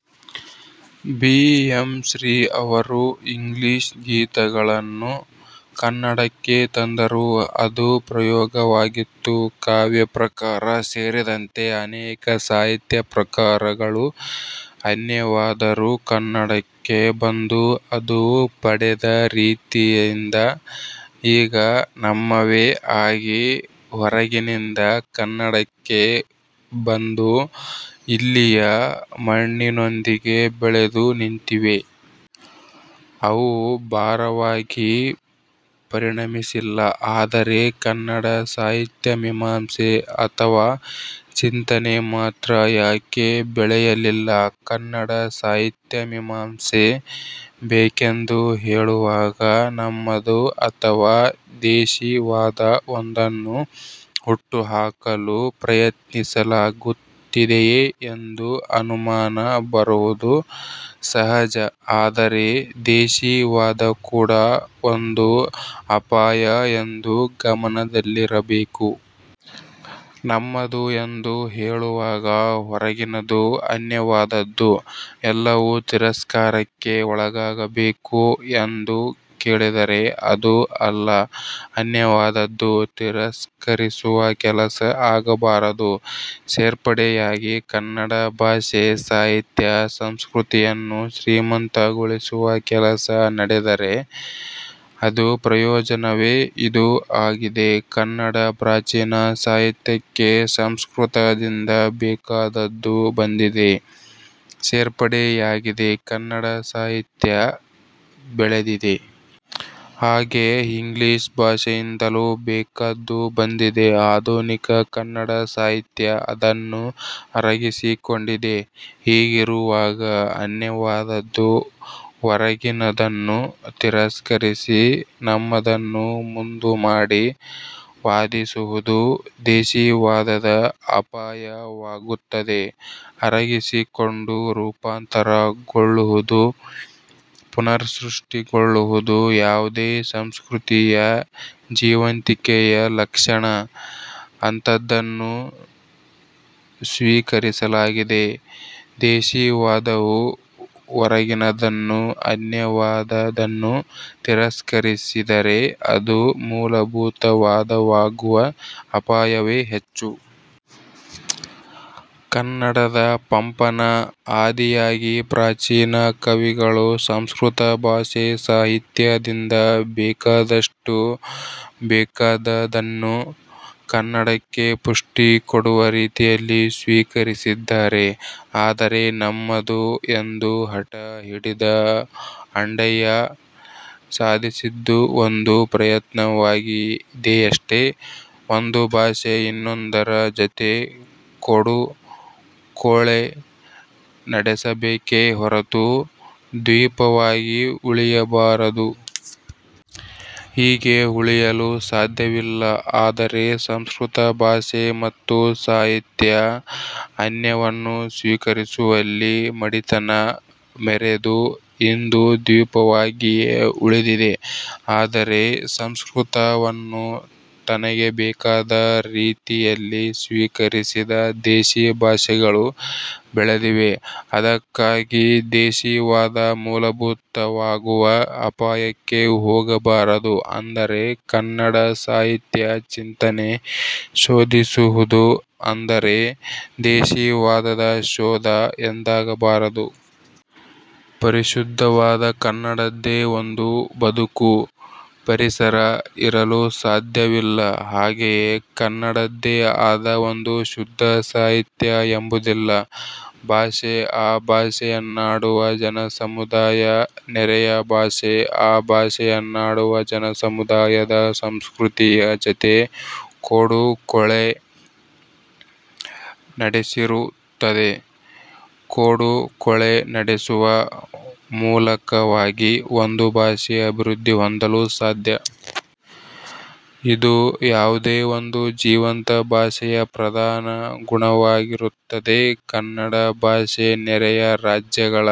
. B. M. Shri ಅವರು 'English ಗೀತ'ಗಳನ್ನು ಕನ್ನಡಕ್ಕೆ ತಂದರು. ಅದು ಪ್ರಯೋಗವಾಗಿತ್ತು. ಕಾವ್ಯ ಪ್ರಕಾರ ಸೇರಿದಂತೆ ಅನೇಕ ಸಾಹಿತ್ಯ ಪ್ರಕಾರಗಳು ಅನ್ಯವಾದರೂ ಕನ್ನಡಕ್ಕೆ ಬಂದು ಅವು ಪಡೆದ ರೀತಿಯಿಂದ ಈಗ ನಮ್ಮವೇ ಆಗಿವೆ. ಹೊರಗಿನಿಂದ ಕನ್ನಡಕ್ಕೆ ಬಂದು, ಇಲ್ಲಿಯ ಮಣ್ಣಿನೊಂದಿಗೆ ಬೆಳೆದು ನಿಂತಿವೆ. ಅವು ಭಾರವಾಗಿ ಪರಿಣಮಿಸಿಲ್ಲ. ಆದರೆ ಕನ್ನಡ ಸಾಹಿತ್ಯ ಮೀಮಾಂಸೆ ಅಥವಾ ಚಿಂತನೆ ಮಾತ್ರ ಯಾಕೆ ಬೆಳೆಯಲಿಲ್ಲ?. ಕನ್ನಡ ಸಾಹಿತ್ಯ ಮೀಮಾಂಸೆ ಬೇಕೆಂದು ಹೇಳುವಾಗ, ನಮ್ಮದು ಅಥವಾ ದೇಶಿವಾದ ಒಂದನ್ನು ಹುಟ್ಟುಹಾಕಲು ಪ್ರಯತ್ನಿಸಲಾಗುತ್ತಿದೆಯೇ? ಎಂದು ಅನುಮಾನ ಬರುವುದು ಸಹಜ. ಆದರೆ ದೇಶಿವಾದ ಕೂಡ ಒಂದು ಅಪಾಯ ಎಂದು ಗಮನದಲ್ಲಿರಬೇಕು. ನಮ್ಮದು ಎಂದು ಹೇಳುವಾಗ ಹೊರಗಿನದು ಅನ್ಯವಾದದ್ದು ಎಲ್ಲವೂ ತಿರಸ್ಕಾರಕ್ಕೆ ಒಳಗಾಗಬೇಕು ಎಂದು ಕೇಳಿದರೆ ಅದೂ ಅಲ್ಲ. ಅನ್ಯವಾದದ್ದು ತಿರಸ್ಕರಿಸುವ ಕೆಲಸ ಆಗಬಾರದು. ಸೇರ್ಪಡೆ ಯಾಗಿ ಕನ್ನಡ ಭಾಷೆ, ಸಾಹಿತ್ಯ, ಸಂಸ್ಕೃತಿಯನ್ನು ಶ್ರೀಮಂತ ಗೊಳಿಸುವ ಕೆಲಸ ನಡೆದರೆ ಅದು ಪ್ರಯೋಜನವೇ. ಇದು ಆಗಿದೆ. ಕನ್ನಡ ಪ್ರಾಚೀನ ಸಾಹಿತ್ಯಕ್ಕೆ ಸಂಸ್ಕೃತದಿಂದ ಬೇಕಾದದ್ದು ಬಂದಿದೆ; ಸೇರ್ಪಡೆಯಾಗಿದೆ; ಕನ್ನಡ ಸಾಹಿತ್ಯ ಬೆಳೆದಿದೆ. ಹಾಗೆ ಇಂಗ್ಲಿಶ್ ಭಾಷೆಯಿಂದಲೂ ಬೇಕಾದ್ದು ಬಂದಿದೆ. ಆಧುನಿಕ ಕನ್ನಡ ಸಾಹಿತ್ಯ ಅದನ್ನು ಅರಗಿಸಿಕೊಂಡಿದೆ. ಹೀಗಿರುವಾಗ ಅನ್ಯವಾದದ್ದು ಹೊರಗಿನದನ್ನು ತಿರಸ್ಕರಿಸಿ ನಮ್ಮದನ್ನು ಮುಂದುಮಾಡಿ ವಾದಿಸುವುದು ದೇಶಿವಾದದ ಅಪಾಯವಾಗುತ್ತದೆ. ಅರಗಿಸಿಕೊಂಡು ರೂಪಾಂತರಗೊಳ್ಳು ವುದು, ಪುನರ್ ಸೃಷ್ಟಿಗೊಳ್ಳುವುದು ಯಾವುದೇ ಸಂಸ್ಕೃತಿಯ ಜೀವಂತಿಕೆಯ ಲಕ್ಷಣ. ಅಂಥದ್ದನ್ನು ಸ್ವೀಕರಿಸಲಾಗಿದೆ. ದೇಶಿವಾದವು ಹೊರಗಿನದನ್ನು, ಅನ್ಯವಾದದನ್ನು ತರಿಸ್ಕರಿಸಿ ದರೆ ಅದು ಮೂಲಭೂತವಾದವಾಗುವ ಅಪಾಯವೇ ಹೆಚ್ಚು. ಕನ್ನಡದ ಪಂಪನ ಆದಿಯಾಗಿ ಪ್ರಾಚೀನ ಕವಿಗಳು ಸಂಸ್ಕೃತ ಭಾಷೆ – ಸಾಹಿತ್ಯದಿಂದ ಬೇಕಾದಷ್ಟು, ಬೇಕಾದದ್ದನ್ನು ಕನ್ನಡಕ್ಕೆ ಪುಷ್ಠಿಕೊಡುವ ರೀತಿಯಲ್ಲಿ ಸ್ವೀಕರಿಸಿದ್ದಾರೆ. ಆದರೆ 'ನಮ್ಮದು' ಎಂದು ಹಠ ಹಿಡಿದ ಅಂಡಯ್ಯ ಸಾಧಿಸಿದ್ದು ಒಂದು ಪ್ರಯತ್ನವಾಗಿದೆಯಷ್ಟೆ. ಒಂದು ಭಾಷೆ ಇನ್ನೊಂದರ ಜತೆ ಕೊಡು – ಕೊಳೆ ನಡೆಸಬೇಕೇ ಹೊರತು ದ್ವೀಪವಾಗಿ ಉಳಿಯಬಾರದು. ಹೀಗೆ ಉಳಿಯಲು ಸಾಧ್ಯವಿಲ್ಲ. ಆದರೆ ಸಂಸ್ಕೃತ ಭಾಷೆ ಮತ್ತು ಸಾಹಿತ್ಯ ಅನ್ಯವನ್ನು ಸ್ವೀಕರಿಸುವಲ್ಲಿ ಮಡಿತನ ಮೆರೆದು ಇಂದು ದ್ವೀಪವಾಗಿಯೇ ಉಳಿದಿದೆ. ಆದರೆ ಸಂಸ್ಕೃತವನ್ನು ತನಗೆ ಬೇಕಾದ ರೀತಿ ಯಲ್ಲಿ ಸ್ವೀಕರಿಸಿದ ದೇಶಿ ಭಾಷೆಗಳು ಬೆಳೆದಿವೆ. ಅದಕ್ಕಾಗಿ ದೇಶಿವಾದ ಮೂಲಭೂತವಾಗುವ ಅಪಾಯಕ್ಕೆ ಹೋಗಬಾರದು. ಅಂದರೆ ಕನ್ನಡ ಸಾಹಿತ್ಯ ಚಿಂತನೆ ಶೋಧಿಸುವುದು ಅಂದರೆ ದೇಶಿವಾದದ ಶೋಧ ಎಂದಾಗಬಾರದು. ಶುದ್ಧವಾದ ಕನ್ನಡದ್ದೇ ಒಂದು ಬದುಕು, ಪರಿಸರ ಇರಲು ಸಾಧ್ಯವಿಲ್ಲ. ಹಾಗೆಯೇ ಕನ್ನಡದ್ದೇ ಆದ ಒಂದು ಶುದ್ಧ ಸಾಹಿತ್ಯ ಎಂಬುದಿಲ್ಲ. ಭಾಷೆ, ಆ ಭಾಷೆಯನ್ನಾಡುವ ಜನಸಮುದಾಯ ನೆರೆಯ ಭಾಷೆ, ಆ ಭಾಷೆಯನ್ನಾಡುವ ಜನಸಮುದಾಯದ ಸಂಸ್ಕೃತಿಯ ಜತೆ ಕೊಡು ಕೊಳೆ ನಡೆಸಿರುತ್ತದೆ. ಕೊಡು ಕೊಳೆ ನಡೆಸುವ ಮೂಲಕವಾಗಿ ಒಂದು ಭಾಷೆ ಅಭಿವೃದ್ದಿ ಹೊಂದಲು ಸಾಧ್ಯ. ಇದು ಯಾವುದೇ ಒಂದು ಜೀವಂತ ಭಾಷೆಯ ಪ್ರಧಾನ ಗುಣವಾಗಿರುತ್ತದೆ. ಕನ್ನಡ ಭಾಷೆ ನೆರೆಯ ರಾಜ್ಯಗಳ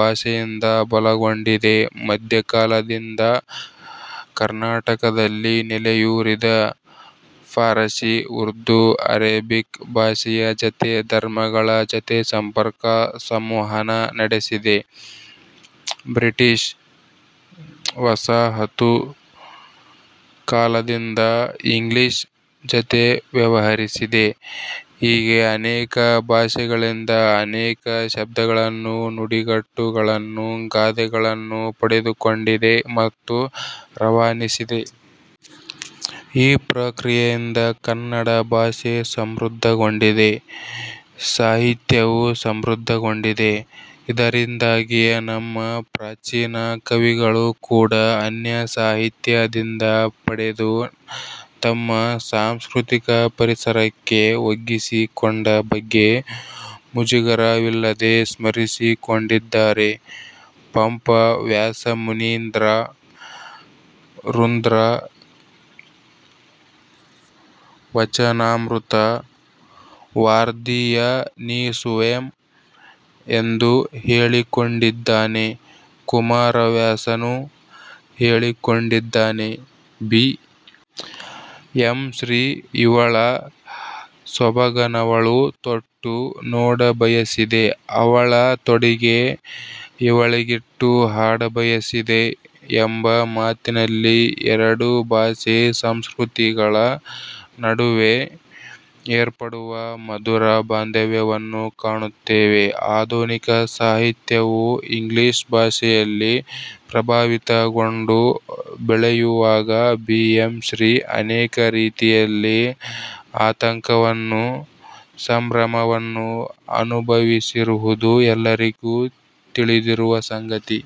ಭಾಷೆಯಿಂದ ಬಲಗೊಂಡಿದೆ. ಮಧ್ಯಕಾಲದಿಂದ ಕರ್ನಾಟಕದಲ್ಲಿ ನೆಲೆಯೂರಿದ ಫಾರಶಿ, ಉರ್ದು, ಅರೇಬಿಕ್ ಭಾಷೆಯ ಜತೆ, ಧರ್ಮಗಳ ಜತೆ ಸಂಪರ್ಕ ಸಂವಹನ ನಡೆಸಿದೆ. ಬ್ರಿಟಿಶ್ ವಸಾಹತು ಕಾಲದಿಂದ ಇಂಗ್ಲಿಶ್ ಜತೆ ವ್ಯವಹರಿಸಿದೆ. ಹೀಗೆ ಅನೇಕ ಭಾಷೆಗಳಿಂದ ಅನೇಕ ಶಬ್ದಗಳನ್ನು, ನುಡಿಗಟ್ಟು ಗಳನ್ನು, ಗಾದೆಗಳನ್ನು ಪಡೆದುಕೊಂಡಿದೆ ಮತ್ತು ರವಾನಿಸಿದೆ. ಈ ಪ್ರಕ್ರಿಯೆಯಿಂದ ಕನ್ನಡ ಭಾಷೆ ಸಮೃದ್ಧಗೊಂಡಿದೆ. ಸಾಹಿತ್ಯವೂ ಸಮೃದ್ಧಗೊಂಡಿದೆ. ಇದರಿಂದಾಗಿಯೇ ನಮ್ಮ ಪ್ರಾಚೀನ ಕವಿಗಳು ಕೂಡ ಅನ್ಯ ಸಾಹಿತ್ಯದಿಂದ ಪಡೆದು ತಮ್ಮ ಸಾಂಸ್ಕೃತಿಕ ಪರಿಸರಕ್ಕೆ ಒಗ್ಗಿಸಿಕೊಂಡ ಬಗ್ಗೆ ಮುಜುಗರವಿಲ್ಲದೆ ಸ್ಮರಿಸಿಕೊಂಡಿದ್ದಾರೆ. ಪಂಪ 'ವ್ಯಾಸಮುನೀಂದ್ರ ರುಂದ್ರ ವಚನಾಮೃತ ವಾರ್ಧಿಯನೀಸುವೆಂ' ಎಂದು ಹೇಳಿಕೊಂಡಿ ದ್ದಾನೆ. ಕುಮಾರವ್ಯಾಸನೂ ಹೇಳಿಕೊಂಡಿದ್ದಾನೆ. ಬಿ. ಎಂ. ಶ್ರೀ 'ಇವಳ ಸೊಬಗನವಳು ತೊಟ್ಟು ನೋಡಬಯಸಿದೆ. ಅವಳ ತೊಡಿಗೆ ಇವಳಿಗಿಟ್ಟು ಹಾಡ ಬಯಸಿದೆ' ಎಂಬ ಮಾತಿನಲ್ಲಿ ಎರಡು ಭಾಷೆ ಸಂಸ್ಕೃತಿಗಳ ನಡುವೆ ಏರ್ಪಡುವ ಮಧುರ ಬಾಂಧವ್ಯವನ್ನು ಕಾಣುತ್ತೇವೆ. ಆಧುನಿಕ ಸಾಹಿತ್ಯವು ಇಂಗ್ಲಿಶ್ ಭಾಷೆಯಿಂದ ಪ್ರಭಾವಿತಗೊಂಡು ಬೆಳೆಯುವಾಗ ಬಿ. ಎಂ. ಶ್ರೀ. ಅನೇಕ ರೀತಿಯಲ್ಲಿ ಆತಂಕವನ್ನೂ ಸಂಭ್ರಮವನ್ನು ಅನುಭವಿಸಿರುವುದು ಎಲ್ಲರಿಗೂ ತಿಳಿದಿರುವ ಸಂಗತಿ.